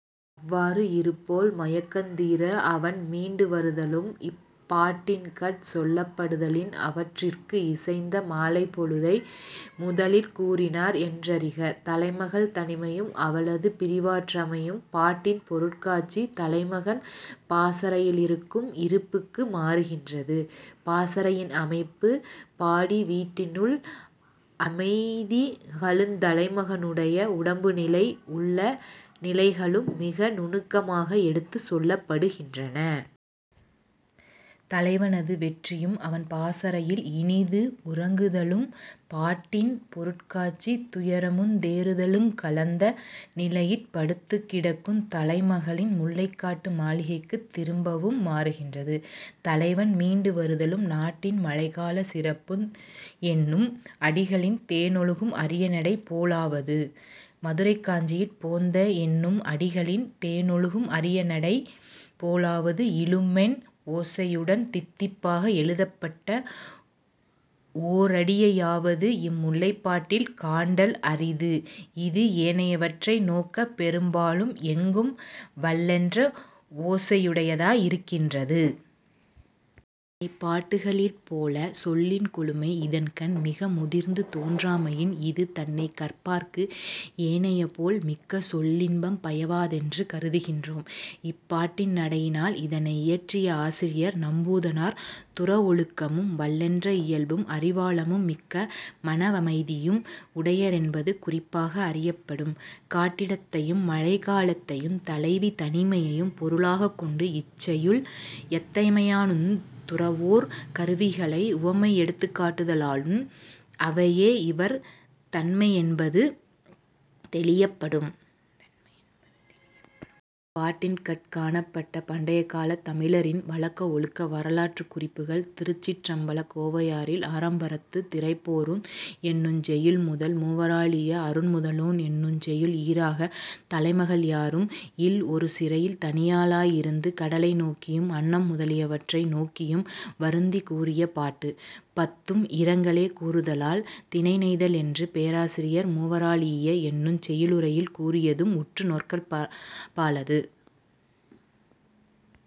அவ்வாறு இருப்போள் மயக்கந்தீர அவன் மீண்டு வருதலும் இப்பாட்டின்கட் சொல்லப்படுதலின், அவற்றிற்கு இசைந்த மாலைப்பொழுதை முதலிற் கூறினார் என்றறிக. தலைமகள் தனிமையும் அவளது பிரிவாற்றாமையும் பாட்டின் பொருட்காட்சி தலைமகன் பாசறையிலிருக்கும் இருப்புக்கு மாறுகின்றது; பாசறையின் அமைப்பு பாடிவீட்டினுள் அமைதிகளுந், தலைமகனுடைய உடம்புநிலை உள்ள நிலைகளும் மிக நுணுக்கமாக எடுத்துச் சொல்லப்படுகின்றன. தலைவனது வெற்றியும், அவன் பாசறையில் இனிது உறங்குதலும் பாட்டின் பொருட்காட்சி துயரமுந் தேறுதலுங் கலந்த நிலையிற் படுத்துக் கிடக்குந் தலைமகளின் முல்லைக்காட்டு மாளிகைக்குத் திரும்பவும் மாறுகின்றது. தலைவன் மீண்டு வருதலு, ம், நாட்டின் மழைக்காலச் சிறப்பும் என்னும் அடிகளின் தேனொழுகும் அரியநடை போலாவது, மதுரைக்காஞ்சியிற் போந்த, என்னும் அடிகளின் தேனொழுகும் அரியநடை போலாவது இழுமென் ஓசையுடன் தித்திப்பாக எழுதப்பட்ட ஓரடியையாவது இம் முல்லைப்பாட்டிற் காண்டல் அரிது; இ·து ஏனையவற்றை நோக்கப் பெரும்பாலும் எங்கும் வல்லென்ற ஓசையுடையதாயிருக்கின்றது. ஏனைப் பாட்டுக்களிற் போலச் சொல்லின் கொழுமை இதன்கண் மிக முதிர்ந்து தோன்றாமையின், இது தன்னைக் கற்பார்க்கு ஏனையபோல் மிக்க சொல்லின்பம் பயவாதென்று கருதுகின்றோம். இப்பாட்டின் நடையினால் இதனை யியற்றிய ஆசிரியர் நப்பூதனார் துறவொழுக்கமும், வல்லென்ற இயல்பும், அறிவாழமும், மிக்க மனவமைதியும் உடையரென்பது குறிப்பாக அறியப்படும்; காட்டிடத்தையும், மழை காலத்தையுந், தலைவி தனிமையையும் பொருளாகக் கொண்டு இச்செய்யுள் யத்தமையானுந், துறவோர் கருவிகளை உவமை எடுத்துக்காட்டுதலானும் அவையே இவர் தன்மையாமென்பது தெளியப்படும். இப்பாட்டின்கட் காணப்பட்ட பண்டைக்காலத் தமிழரின் வழக்கவொழுக்க வரலாற்றுக் குறிப்புகள் திருச்சிற்றம்பலக் கோவையாரில், "ஆரம்பரந்து திரைபொரும்" என்னுஞ் செய்யுள்முதல் "மூவறழீஇய அருண்முதலோன்" என்னுஞ் செய்யுள் ஈறாகத் தலைமகள் யாரும் இல் ஒரு சிறைத் தனியளாயிருந்து கடலை நோக்கியும் அன்னம் முதலியவற்றை நோக்கியும் வருந்திக் கூறிய பாட்டுப் பத்தும் இரங்கலே கூறுதலால் 'திணைநெய்தல்' என்று பேராசிரியர் "மூவறழீஇய" என்னுஞ் செய்யுளுரையிற் கூறியதூஉம் உற்று நோக்கற்பாலது.